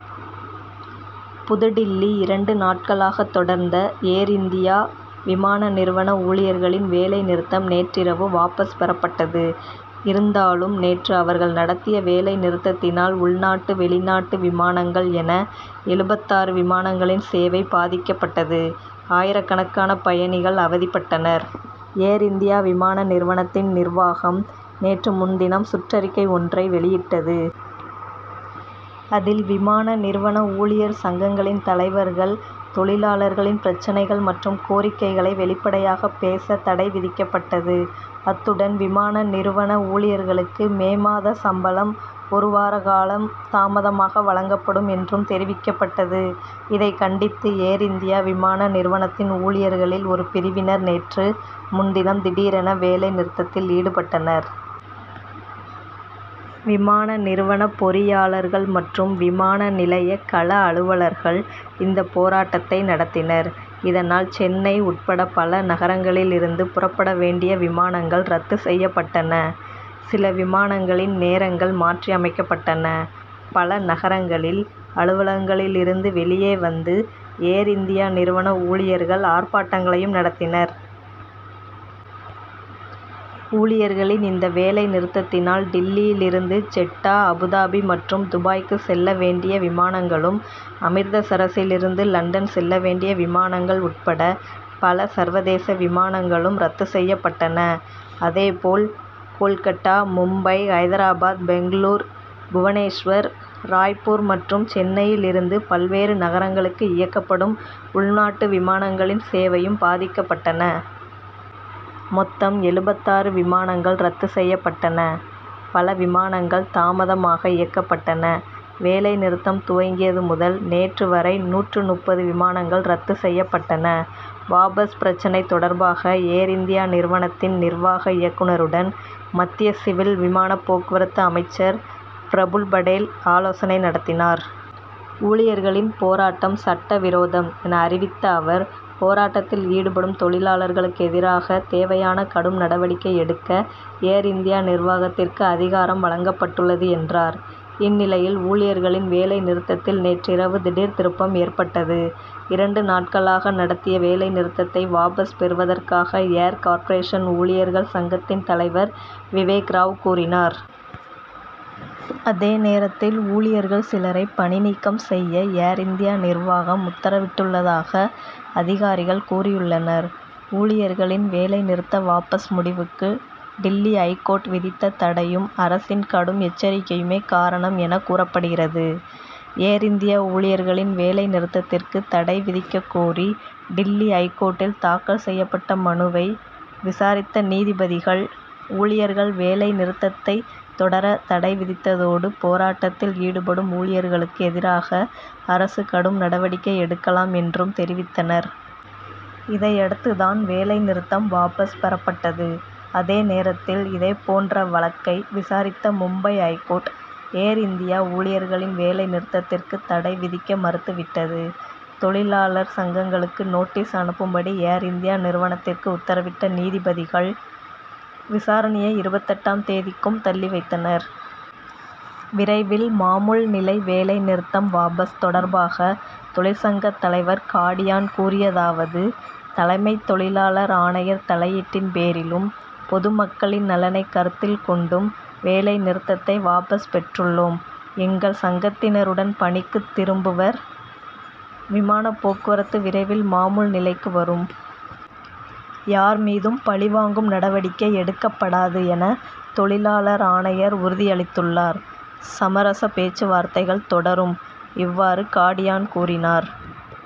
புதுடில்லி இரண்டு நாட்களாக தொடர்ந்த ஏர்-இந்தியா விமான நிறுவன ஊழியர்களின் வேலை நிறுத்தம் நேற்றிரவு வாபஸ் பெறப்பட்டது. இருந்தாலும், நேற்று அவர்கள் நடத்திய வேலை நிறுத்தத்தினால், உள்நாட்டு, வெளிநாட்டு விமானங்கள் என, எழுபத்தாறு விமானங்களின் சேவை பாதிக்கப்பட்டது. ஆயிரக்கணக்கான பயணிகள் அவதிப்பட்டனர். ஏர்-இந்தியா விமான நிறுவனத்தின் நிர்வாகம் நேற்று முன்தினம் சுற்றறிக்கை ஒன்றை வெளியிட்டது. அதில், விமான நிறுவன ஊழியர் சங்கங்களின் தலைவர்கள், தொழிலாளர்களின் பிரச்னைகள் மற்றும் கோரிக்கைகளை வெளிப்படையாக பேச தடை விதிக்கப்பட்டது. அத்துடன், விமான நிறுவன ஊழியர்களுக்கு மே மாத சம்பளம் ஒரு வார காலம் தாமதமாக வழங்கப்படும் என்றும் தெரிவிக்கப்பட்டது. இதைக் கண்டித்து, ஏர்-இந்தியா விமான நிறுவனத்தின் ஊழியர்களில் ஒரு பிரிவினர், நேற்று முன்தினம் திடீரென வேலை நிறுத்தத்தில் ஈடுபட்டனர். விமான நிறுவன பொறியாளர்கள் மற்றும் விமான நிலைய கள அலுவலர்கள் இந்தப் போராட்டத்தை நடத்தினர். இதனால், சென்னை உட்பட பல நகரங்களில் இருந்து புறப்பட வேண்டிய விமானங்கள் ரத்து செய்யப்பட்டன; சில விமானங்களின் நேரங்கள் மாற்றி அமைக்கப்பட்டன. பல நகரங்களில், அலுவலகங்களில் இருந்து வெளியே வந்து, ஏர்-இந்தியா நிறுவன ஊழியர்கள் ஆர்ப்பாட்டங்களையும் நடத்தினர். ஊழியர்களின் இந்த வேலை நிறுத்தத்தினால், டில்லியிலிருந்து ஜெட்டா, அபுதாபி மற்றும் துபாய்க்கு செல்ல வேண்டிய விமானங்களும், அமிர்தசரசில் இருந்து லண்டன் செல்ல வேண்டிய விமானங்கள் உட்பட பல சர்வதேச விமானங்களும் ரத்து செய்யப்பட்டன. அதேபோல், கோல்கட்டா, மும்பை, ஐதராபாத், பெங்களூரு, புவனேஸ்வர், ராய்ப்பூர் மற்றும் சென்னையில் இருந்து பல்வேறு நகரங்களுக்கு இயக்கப்படும் உள்நாட்டு விமானங்களின் சேவையும் பாதிக்கப்பட்டன. மொத்தம் எழுபத்தாறு விமானங்கள் ரத்து செய்யப்பட்டன பல விமானங்கள் தாமதமாக இயக்கப்பட்டன. வேலை நிறுத்தம் துவங்கியது முதல் நேற்று வரை நூற்று முப்பது விமானங்கள் ரத்து செய்யப்பட்டன. வாபஸ் பிரச்னை தொடர்பாக, ஏர் இந்தியா நிறுவனத்தின் நிர்வாக இயக்குனருடன், மத்திய சிவில் விமானப் போக்குவரத்து அமைச்சர் பிரபுல் படேல் ஆலோசனை நடத்தினார். ஊழியர்களின் போராட்டம் சட்டவிரோதம் என அறிவித்த அவர், போராட்டத்தில் ஈடுபடும் தொழிலாளர்களுக்கு எதிராக தேவையான கடும் நடவடிக்கை எடுக்க ஏர்- இந்தியா நிர்வாகத்திற்கு அதிகாரம் வழங்கப்பட்டுள்ளது என்றார். இந்நிலையில், ஊழியர்களின் வேலை நிறுத்தத்தில் நேற்று இரவு திடீர் திருப்பம் ஏற்பட்டது. இரண்டு நாட்களாக நடத்திய வேலை நிறுத்தத்தை வாபஸ் பெறுவதாக ஏர் கார்ப்பரேஷன் ஊழியர்கள் சங்கத்தின் தலைவர் விவேக் ராவ் கூறினார். அதே நேரத்தில், ஊழியர்கள் சிலரை பணிநீக்கம் செய்ய ஏர்- இந்தியா நிர்வாகம் உத்தரவிட்டுள்ளதாக அதிகாரிகள் கூறியுள்ளனர். ஊழியர்களின் வேலை நிறுத்த வாபஸ் முடிவுக்கு, டில்லி ஐகோர்ட் விதித்த தடையும், அரசின் கடும் எச்சரிக்கையுமே காரணம் என கூறப்படுகிறது. ஏர் இந்தியா ஊழியர்களின் வேலை நிறுத்தத்திற்கு தடை விதிக்கக் கோரி, டில்லி ஐகோர்ட்டில் தாக்கல் செய்யப்பட்ட மனுவை விசாரித்த நீதிபதிகள், ஊழியர்கள் வேலை நிறுத்தத்தை தொடர தடை விதித்ததோடு, போராட்டத்தில் ஈடுபடும் ஊழியர்களுக்கு எதிராக அரசு கடும் நடவடிக்கை எடுக்கலாம் என்றும் தெரிவித்தனர். இதையடுத்துதான் வேலை நிறுத்தம் வாபஸ் பெறப்பட்டது. அதே நேரத்தில், இதேபோன்ற வழக்கை விசாரித்த மும்பை ஐகோர்ட், ஏர் இந்தியா ஊழியர்களின் வேலை நிறுத்தத்திற்கு தடை விதிக்க மறுத்து விட்டது. தொழிலாளர் சங்கங்களுக்கு நோட்டீஸ் அனுப்பும்படி, ஏர்-இந்தியா நிறுவனத்திற்கு உத்தரவிட்ட நீதிபதிகள், விசாரணையை இருபத்தெட்டாம் தேதிக்கும் தள்ளி வைத்தனர். விரைவில் மாமூல் நிலை வேலை நிறுத்தம் வாபஸ் தொடர்பாக தொழிற்சங்கத் தலைவர் காடியான் கூறியதாவது: தலைமை தொழிலாளர் ஆணையர் தலையீட்டின் பேரிலும், பொதுமக்களின் நலனை கருத்தில் கொண்டும் வேலை நிறுத்தத்தை வாபஸ் பெற்றுள்ளோம். எங்கள் சங்கத்தினர் உடன் பணிக்கு திரும்புவர். விமான போக்குவரத்து விரைவில் மாமூல் நிலைக்கு வரும். யார் மீதும் பழிவாங்கும் நடவடிக்கை எடுக்கப்படாது என, தொழிலாளர் ஆணையர் உறுதி அளித்துள்ளார். சமரச பேச்சுவார்த்தைகள் தொடரும். இவ்வாறு காடியான் கூறினார்.